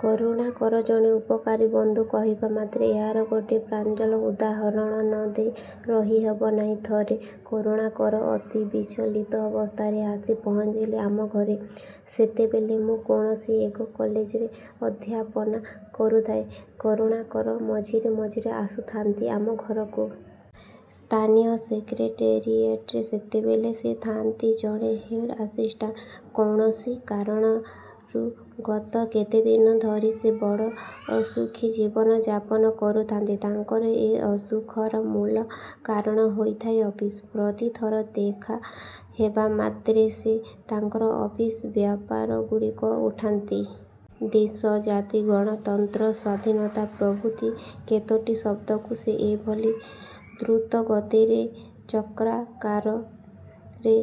କରୁଣାକର ଜଣେ ଉପକାରୀ ବନ୍ଧୁ କହିବା ମାତ୍ରେ ଏହାର ଗୋଟିଏ ପ୍ରାଞ୍ଜଳ ଉଦାହରଣ ନ ଦେଇ ରହିହେବ ନାହିଁ। ଥରେ କରୁଣାକର ଅତି ବିଚଳିତ ଅବସ୍ଥାରେ ଆସି ପହଞ୍ଚିଲେ ଆମ ଘରେ। ସେତେବେଳେ ମୁଁ କୌଣସି ଏକ କଲେଜରେ ଅଧ୍ୟାପନା କରୁଥାଏ। କରୁଣାକର ମଝିରେ ମଝିରେ ଆସୁଥାନ୍ତି ଆମ ଘରକୁ। ସ୍ଥାନୀୟ ସେକ୍ରେଟେରିଏଟରେ ସେତେବେଳେ ସେ ଥାନ୍ତି ଜଣେ ହେଡ ଆସିଷ୍ଟାଣ୍ଟ। କୌଣସି କାରଣରୁ ଗତ କେତେଦିନ ଧରି ସେ ବଡ଼ ଅସୁଖୀ ଜୀବନଯାପନ କରୁଥାନ୍ତି। ତାଙ୍କର ଏ ଅସୁଖର ମୂଳ କାରଣ ହୋଇଥାଏ ଅଫିସ। ପ୍ରତିଥର ଦେଖାହେବା ମାତ୍ରେ ସେ ତାଙ୍କର ଅଫିସ ବ୍ୟାପାରଗୁଡ଼ିକ ଉଠାନ୍ତି। ଦେଶ, ଜାତି, ଗଣତନ୍ତ୍ର, ସ୍ୱାଧୀନତା ପ୍ରଭୃତି କେତୋଟି ଶବ୍ଦକୁ ସେ ଏଭଳି ଦ୍ରୁତଗତିରେ ଚକ୍ରାକାରରେ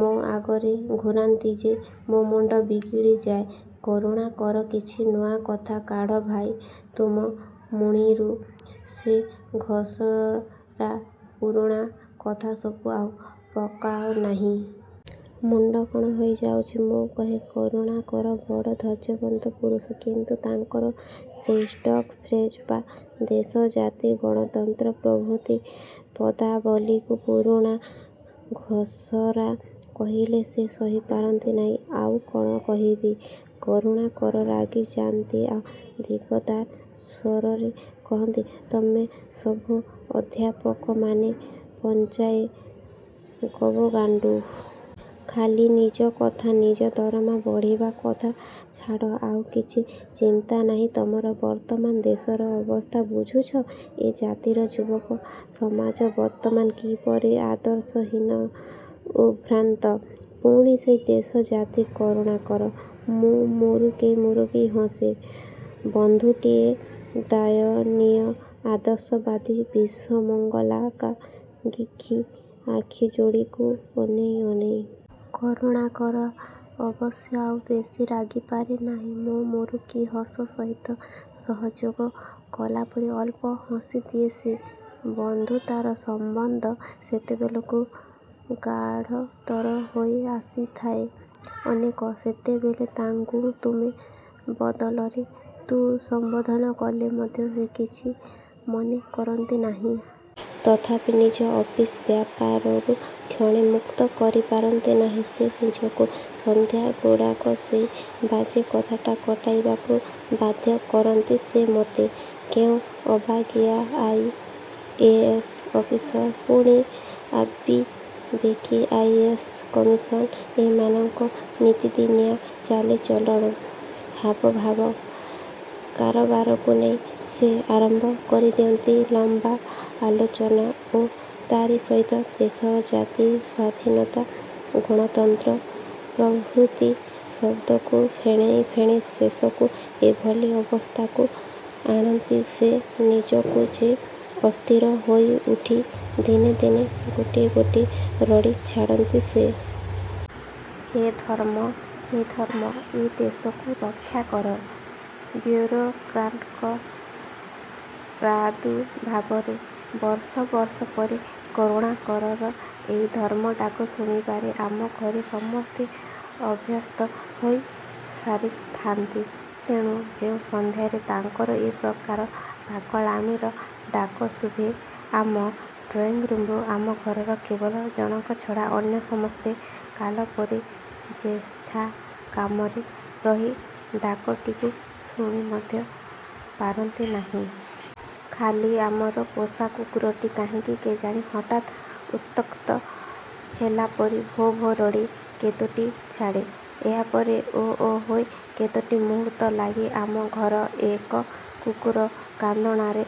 ମୋ ଆଗରେ ଘୂରାନ୍ତି ଯେ ମୋ ମୁଣ୍ଡ ବିଗିଡ଼ିଯାଏ। କରୁଣାକର, କିଛି ନୂଆ କଥା କାଢ଼ ଭାଇ ତମ ମୁଣିରୁ! ସେ ଘଷରା ପୁରୁଣା କଥା ସବୁ ଆଉ ପକାଅ ନାହିଁ। ମୁଣ୍ଡ କ'ଣ ହୋଇଯାଉଛି, ମୁଁ କହେ। କରୁଣାକର ବଡ଼ ଧୈର୍ଯ୍ୟବନ୍ତ ପୁରୁଷ। କିନ୍ତୁ ତାଙ୍କର ସେଇ ଷ୍ଟକ ଫ୍ରେଜ ବା ଦେଶ, ଜାତି, ଗଣତନ୍ତ୍ର ପ୍ରଭୃତି ପଦାବଳୀକୁ ପୁରୁଣା ଘଷରା କହିଲେ ସେ ସହିପାରନ୍ତି ନାହିଁ। ଆଉ କ'ଣ କହିବି? କରୁଣାକର ରାଗିଯାନ୍ତି ଆଉ ଦିଗଦାର ସ୍ୱରରେ କହନ୍ତି, ତମେ ସବୁ ଅଧ୍ୟାପକମାନେ ପଞ୍ଝାଏ ଗବଗାଣ୍ଡୁ। ଖାଲି ନିଜ କଥା, ନିଜ ଦରମା ବଢ଼ିବା କଥା ଛଡ଼ା ଆଉ କିଛି ଚିନ୍ତା ନାହିଁ ତମର। ବର୍ତ୍ତମାନ ଦେଶର ଅବସ୍ଥା ବୁଝୁଛ? ଏ ଜାତିର ଯୁବକ ସମାଜ ବର୍ତ୍ତମାନ କିପରି ଆଦର୍ଶହୀନ, ଉଦ୍ଭ୍ରାନ୍ତ। ପୁଣି ସେଇ ଦେଶ, ଜାତି, କରୁଣାକର! ମୁଁ ମୁରୁକେଇ ମୁରୁକେଇ ହସେ, ବନ୍ଧୁଟିର ଦୟନୀୟ ଆଦର୍ଶବାଦୀ ବିଶ୍ୱମଙ୍ଗଳାକାଙ୍ଗକ୍ଷୀ ଆଖିଯୋଡ଼ିକୁ ଅନେଇ ଅନେଇ। କରୁଣାକର ଅବଶ୍ୟ ଆଉ ବେଶି ରାଗିପାରେ ନାହିଁ। ମୋ ମୁରୁକି ହସ ସହିତ ସହଯୋଗ କଲା ପରି ଅଳ୍ପ ହସିଦିଏ ସେ। ବନ୍ଧୁତାର ସମ୍ବନ୍ଧ ସେତେବେଳକୁ ଗାଢ଼ତର ହୋଇ ଆସିଥାଏ ଅନେକ। ସେତେବେଳେ ତାଙ୍କୁ ତୁମେ ବଦଳରେ ତୁ ସମ୍ବୋଧନ କଲେ ମଧ୍ୟ ସେ କିଛି ମନେ କରନ୍ତି ନାହିଁ। ତଥାପି ନିଜ ଅଫିସ ବ୍ୟାପାରରୁ କ୍ଷଣେ ମୁକ୍ତ କରିପାରନ୍ତି ନାହିଁ ସେ ନିଜକୁ। ସନ୍ଧ୍ୟାଗୁଡ଼ାକ ସେଇ ବାଜେ କଥାରେ କଟାଇବାକୁ ବାଧ୍ୟ କରନ୍ତି ସେ ମତେ। କୋଉ ଅବାଗିଆ ଆଇ ଏ ଏସ ଅଫିସର, ପୁଣି ଅବିବେକୀ ଆଇ ଏ ଏସ କମିଶନର, ଏଇମାନଙ୍କ ନିତିଦିନିଆ ଚାଲିଚଳଣ, ହାବଭାବ, କାରବାରକୁ ନେଇ ସେ ଆରମ୍ଭ କରିଦିଅନ୍ତି ଲମ୍ବା ଆଲୋଚନା ଓ ତାରି ସହିତ ଦେଶ, ଜାତି, ସ୍ୱାଧୀନତା, ଗଣତନ୍ତ୍ର ପ୍ରଭୃତି ଶବ୍ଦକୁ ଫେଣେଇ ଫେଣେଇ ଶେଷକୁ ଏଭଳି ଅବସ୍ଥାକୁ ଆଣନ୍ତି ସେ ନିଜକୁ ଯେ ଅସ୍ଥିର ହୋଇଉଠି ଦିନେ ଦିନେ ଗୋଟାଏ ଗୋଟାଏ ରଡ଼ି ଛାଡ଼ନ୍ତି ସେ। ହେ ଧର୍ମ! ହେ ଧର୍ମ! ଏ ଦେଶକୁ ରକ୍ଷା କର ବ୍ୟୁରୋକ୍ରାଟଙ୍କ ପ୍ରାଦୁର୍ଭାବରୁ! ବର୍ଷ ପରେ ବର୍ଷ କରୁଣାକରର ଏଇ ଧର୍ମଡାକ ଶୁଣିବାରେ ଆମ ଘରେ ସମସ୍ତେ ଅଭ୍ୟସ୍ତ ହୋଇସାରିଥାନ୍ତି। ତେଣୁ ଯେଉଁ ସନ୍ଧ୍ୟାରେ ତାଙ୍କର ଏ ପ୍ରକାର ପାଗଳାମିର ଡାକ ଶୁଭେ ଆମ ଡ୍ରଇଂରୁମରୁ, ଆମ ଘରର କେବଳ ଜଣକ ଛଡ଼ା ଅନ୍ୟ ସମସ୍ତେ କାଲ ପରି ଯେଝା କାମରେ ରହି ଡାକଟିକୁ ଶୁଣି ମଧ୍ୟ ପାରନ୍ତି ନାହିଁ। ଖାଲି ଆମର ପୋଷା କୁକୁରଟି କାହିଁକି କେଜାଣି ହଠାତ୍ ଉତ୍ତ୍ୟକ୍ତ ହେଲା ପରି ଭୋ ଭୋ ରଡ଼ି କେତୋଟି ଛାଡ଼େ। ଏହାପରେ ଓ ଓ ହୋଇ କେତୋଟି ମୁହୂର୍ତ୍ତ ଲାଗି ଆମ ଘର ଏକ କୁକୁର କାନ୍ଦଣାରେ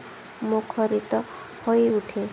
ମୁଖରିତ ହୋଇଉଠେ।